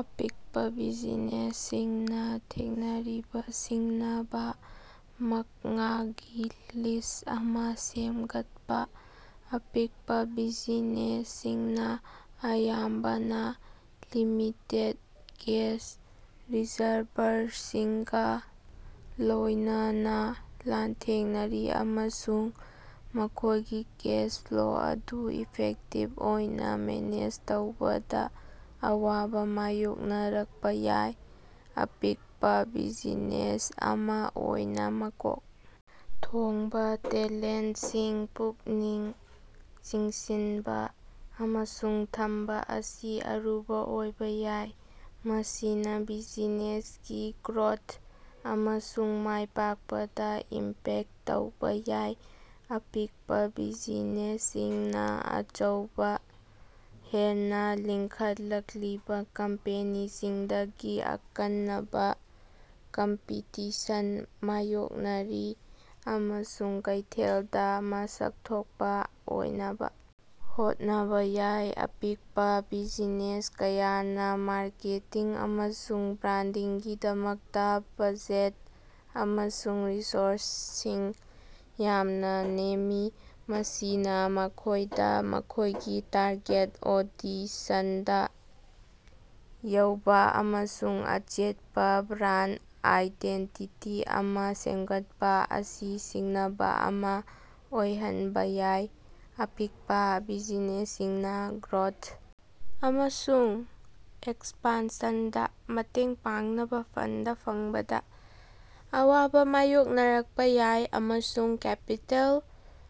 ꯑꯄꯤꯛꯄꯥ ꯕꯤꯖꯤꯅꯦꯁꯁꯤꯡꯅꯥ ꯊꯦꯡꯅꯔꯤꯕꯥ ꯁꯤꯡꯅꯕꯥ ꯃꯉꯥꯒꯤ ꯂꯤꯁ꯭ꯠ ꯑꯃꯥ ꯁꯦꯝꯒꯠꯄꯥ꯫ ꯑꯄꯤꯛꯄꯥ ꯕꯤꯖꯤꯅꯦꯁꯁꯤꯡꯅꯥ ꯑꯌꯥꯝꯕꯅꯥ ꯂꯤꯃꯤꯇꯦꯗ ꯀꯦꯁ ꯔꯤꯖꯔꯚꯔꯁꯤꯡꯒꯥ ꯂꯣꯏꯅꯅꯥ ꯂꯥꯟꯊꯦꯡꯅꯔꯤ ꯑꯃꯁꯨꯡ ꯃꯈꯣꯏꯒꯤ ꯀꯦꯁ ꯐ꯭ꯂꯣ ꯑꯗꯨ ꯏꯐꯦꯛꯇꯤꯕ ꯑꯣꯏꯅ ꯃꯦꯅꯦꯖ ꯇꯧꯕꯗꯥ ꯑꯋꯥꯕꯥ ꯃꯥꯌꯣꯛꯅꯔꯛꯄꯥ ꯌꯥꯏ꯫ ꯑꯄꯤꯛꯄꯥ ꯕꯤꯖꯤꯅꯦꯁ ꯑꯃꯥ ꯑꯣꯏꯅ ꯃꯀꯣꯛ ꯊꯣꯡꯕꯥ ꯇꯦꯂꯦꯟꯇꯁꯤꯡ ꯄꯨꯛꯅꯤꯡ ꯆꯤꯡꯁꯤꯟꯕ ꯑꯃꯁꯨꯡ ꯊꯝꯕ ꯑꯁꯤ ꯑꯔꯨꯕ ꯑꯣꯏꯕ ꯌꯥꯏ꯫ ꯃꯁꯤꯅꯥ ꯕꯤꯖꯤꯅꯦꯁꯀꯤ ꯒ꯭ꯔꯣꯊ ꯑꯃꯁꯨꯡ ꯃꯥꯏ ꯄꯥꯛꯄꯗꯥ ꯏꯝꯄꯦꯛꯇ ꯇꯧꯕ ꯌꯥꯏ꯫ ꯑꯄꯤꯛꯄꯥ ꯕꯤꯖꯤꯅꯦꯁꯁꯤꯡꯅꯥ ꯑꯆꯧꯕ, ꯍꯦꯟꯅꯥ ꯂꯤꯡꯈꯠꯂꯛꯂꯤꯕ ꯀꯝꯄꯦꯅꯤꯁꯤꯡꯗꯒꯤ ꯑꯀꯟꯅꯕ ꯀꯝꯄꯤꯇꯤꯁꯟ ꯃꯥꯌꯣꯛꯅꯔꯤ, ꯑꯃꯁꯨꯡ ꯀꯩꯊꯦꯜꯗꯥ ꯃꯁꯛ ꯊꯣꯛꯄꯥ ꯑꯣꯏꯅꯕ ꯍꯣꯠꯅꯕ ꯌꯥꯏ꯫ ꯑꯄꯤꯛꯄꯥ ꯕꯤꯖꯤꯅꯦꯁ ꯀꯌꯥꯅꯥ ꯃꯥꯔꯀꯦꯇꯤꯡ ꯑꯃꯁꯨꯡ ꯕ꯭ꯔꯥꯟꯗꯤꯡꯒꯤꯗꯃꯛꯇꯥ ꯕꯖꯦꯠ ꯑꯃꯁꯨꯡ ꯔꯤꯁꯣꯔꯁꯁꯤꯡ ꯌꯥꯝꯅ ꯅꯦꯝꯃꯤ, ꯃꯁꯤꯅꯥ ꯃꯈꯣꯏꯗꯥ ꯃꯈꯣꯏꯒꯤ ꯇꯥꯔꯒꯦꯠ ꯑꯣꯗꯤꯁꯟꯗꯥ ꯌꯧꯕ ꯑꯃꯁꯨꯡ ꯑꯆꯦꯠꯄꯥ ꯕ꯭ꯔꯥꯟꯗ ꯑꯥꯏꯗꯦꯟꯇꯤꯇꯤ ꯑꯃꯥ ꯁꯦꯝꯒꯠꯄꯥ ꯑꯁꯤ ꯁꯤꯡꯅꯕ ꯑꯃꯥ ꯑꯣꯏꯍꯟꯕ ꯌꯥꯏ꯫ ꯑꯄꯤꯛꯄꯥ ꯕꯤꯖꯤꯅꯦꯁꯁꯤꯡꯅꯥ ꯒ꯭ꯔꯣꯊ ꯑꯃꯁꯨꯡ ꯑꯦꯛꯁꯄꯥꯟꯁꯟꯗꯥ ꯃꯇꯦꯡ ꯄꯥꯡꯅꯕ ꯐꯟꯗ ꯐꯪꯕꯗꯥ ꯑꯋꯥꯕ ꯃꯥꯌꯣꯛꯅꯔꯛꯄꯥ ꯌꯥꯏ, ꯑꯃꯁꯨꯡ ꯀꯦꯄꯤꯇꯦꯜ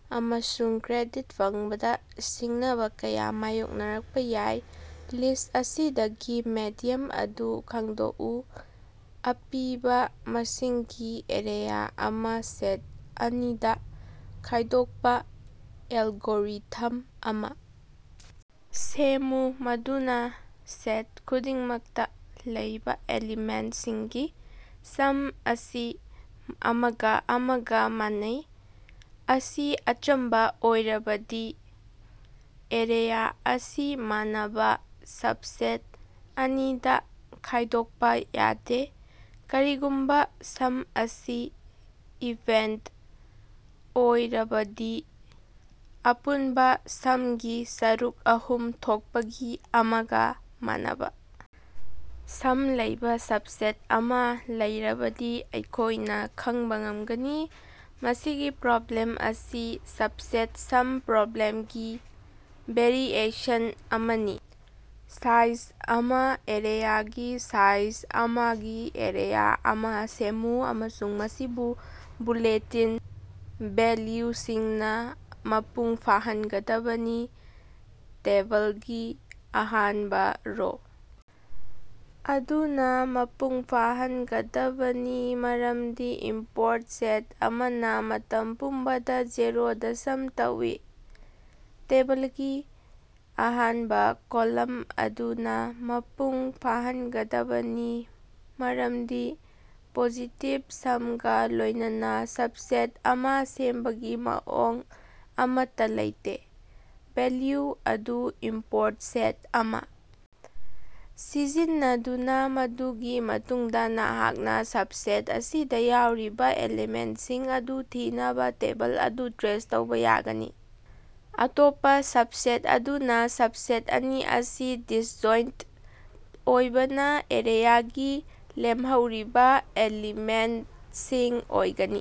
ꯑꯃꯁꯨꯡ ꯀ꯭ꯔꯦꯗꯤꯠ ꯐꯪꯕꯗꯥ ꯁꯤꯡꯅꯕ ꯀꯌꯥ ꯃꯥꯌꯣꯛꯅꯔꯛꯄꯥ ꯌꯥꯏ꯫ ꯂꯤꯁ꯭ꯠ ꯑꯁꯤꯗꯒꯤ ꯃꯦꯗꯤꯌꯝ ꯑꯗꯨ ꯈꯪꯗꯣꯛꯎ꯫ ꯑꯄꯤꯕꯥ ꯃꯁꯤꯡꯒꯤ ꯑꯦꯔꯦꯌ ꯥ ꯑꯃꯥ ꯁꯦꯠ ꯑꯅꯤꯗꯥ ꯈꯥꯏꯗꯣꯛꯄꯥ ꯑꯦꯜꯒꯣꯔꯤꯊꯝ ꯑꯃꯥ ꯁꯦꯝꯃꯨ ꯃꯗꯨꯅꯥ ꯁꯦꯠ ꯈꯨꯗꯤꯡꯃꯛꯇꯥ ꯂꯩꯕ ꯑꯦꯂꯤꯃꯦꯟꯇꯁꯤꯡꯒꯤ ꯁꯝ ꯑꯁꯤ ꯑꯃꯒꯥ ꯑꯃꯒꯥ ꯃꯥꯟꯅꯩ꯫ ꯑꯁꯤ ꯑꯆꯝꯕꯥ ꯑꯣꯏꯔꯕꯗꯤ, ꯑꯦꯔꯦꯌꯥ ꯑꯁꯤ ꯃꯥꯟꯅꯕꯥ ꯁꯕꯁꯦꯠ ꯑꯅꯤꯗꯥ ꯈꯥꯏꯗꯣꯛꯄꯥ ꯌꯥꯗꯦ꯫ ꯀꯔꯤꯒꯨꯝꯕ ꯁꯝ ꯑꯁꯤ ꯏꯚꯦꯟꯇ ꯑꯣꯏꯔꯕꯗꯤ, ꯑꯄꯨꯟꯕꯥ ꯁꯝꯒꯤ ꯁꯔꯨꯛ ꯑꯍꯨꯝ ꯊꯣꯛꯄꯒꯤ ꯑꯃꯒꯥ ꯃꯥꯟꯅꯕꯥ ꯁꯝ ꯂꯩꯕ ꯁꯕꯁꯦꯠ ꯑꯃꯥ ꯂꯩꯔꯕꯗꯤ ꯑꯩꯈꯣꯏꯅ ꯈꯪꯕ ꯉꯝꯒꯅꯤ꯫ ꯃꯁꯤꯒꯤ ꯄ꯭ꯔꯣꯕ꯭ꯂꯦꯝ ꯑꯁꯤ ꯁꯕꯁꯦꯠ ꯁꯝ ꯄ꯭ꯔꯣꯕ꯭ꯂꯦꯝꯒꯤ ꯚꯦꯔꯤꯑꯦꯁꯟ ꯑꯃꯅꯤ꯫ ꯁꯥꯏꯖ ꯑꯃꯥ ꯑꯦꯔꯦꯌꯥꯒꯤ ꯁꯥꯏꯖ ꯑꯃꯥꯒꯤ ꯑꯦꯔꯦꯌꯥ ꯑꯃꯥ ꯁꯦꯝꯃꯨ ꯑꯃꯁꯨꯡ ꯃꯁꯤꯕꯨ ꯕꯨꯂꯦꯇꯤꯟ ꯚꯦꯜꯌꯨꯁꯤꯡꯅꯥ ꯃꯄꯨꯡ ꯐꯥꯍꯟꯒꯗꯕꯅꯤ꯫ ꯇꯦꯕꯜꯒꯤ ꯑꯍꯥꯟꯕ ꯔꯣ ꯑꯗꯨꯅꯥ ꯃꯄꯨꯡ ꯐꯥꯍꯟꯒꯗꯕꯅꯤ, ꯃꯔꯝꯗꯤ ꯏꯝꯄꯣꯔꯠ ꯁꯦꯠ ꯑꯃꯅꯥ ꯃꯇꯝ ꯄꯨꯝꯕꯗꯥ ꯖꯦꯔꯣꯗꯥ ꯁꯝ ꯇꯧꯏ꯫ ꯇꯦꯕꯂꯒꯤ ꯑꯍꯥꯅꯕꯥ ꯀꯣꯂꯝ ꯑꯗꯨꯅꯥ ꯃꯄꯨꯡ ꯐꯥꯍꯟꯒꯗꯕꯅꯤ, ꯃꯔꯝꯗꯤ ꯄꯣꯖꯤꯇꯤꯚ ꯁꯝꯒꯥ ꯂꯣꯏꯅꯅꯥ ꯁꯕꯁꯦꯠ ꯑꯃꯥ ꯁꯦꯝꯕꯒꯤ ꯃꯑꯣꯡ ꯑꯃꯠꯇꯥ ꯂꯩꯇꯦ꯫ ꯚꯦꯜꯌꯨ ꯑꯗꯨ ꯏꯝꯄꯣꯔꯠ ꯁꯦꯠ ꯑꯃꯥ ꯁꯤꯖꯤꯟꯅꯗꯨꯅꯥ ꯃꯗꯨꯒꯤ ꯃꯇꯨꯡꯗꯥ ꯅꯍꯥꯛꯅꯥ ꯁꯕꯁꯦꯠ ꯑꯁꯤꯗꯥ ꯌꯥꯎꯔꯤꯕꯥ ꯑꯦꯂꯤꯃꯦꯟꯇꯁꯤꯡ ꯑꯗꯨ ꯊꯤꯅꯕꯥ ꯇꯦꯕꯜ ꯑꯗꯨ ꯇ꯭ꯔꯦꯁ ꯇꯧꯕ ꯌꯥꯒꯅꯤ꯫ ꯑꯇꯣꯞꯄꯥ ꯁꯕꯁꯦꯠ ꯑꯗꯨꯅꯥ ꯁꯕꯁꯦꯠ ꯑꯅꯤ ꯑꯁꯤ ꯗꯤꯁꯖꯣꯏꯟꯇ ꯑꯣꯏꯕꯅ ꯑꯦꯔꯦꯌꯥꯒꯤ ꯂꯦꯝꯍꯧꯔꯤꯕ ꯑꯦꯂꯤꯃꯦꯟꯇꯁꯤꯡ ꯑꯣꯏꯒꯅꯤ꯫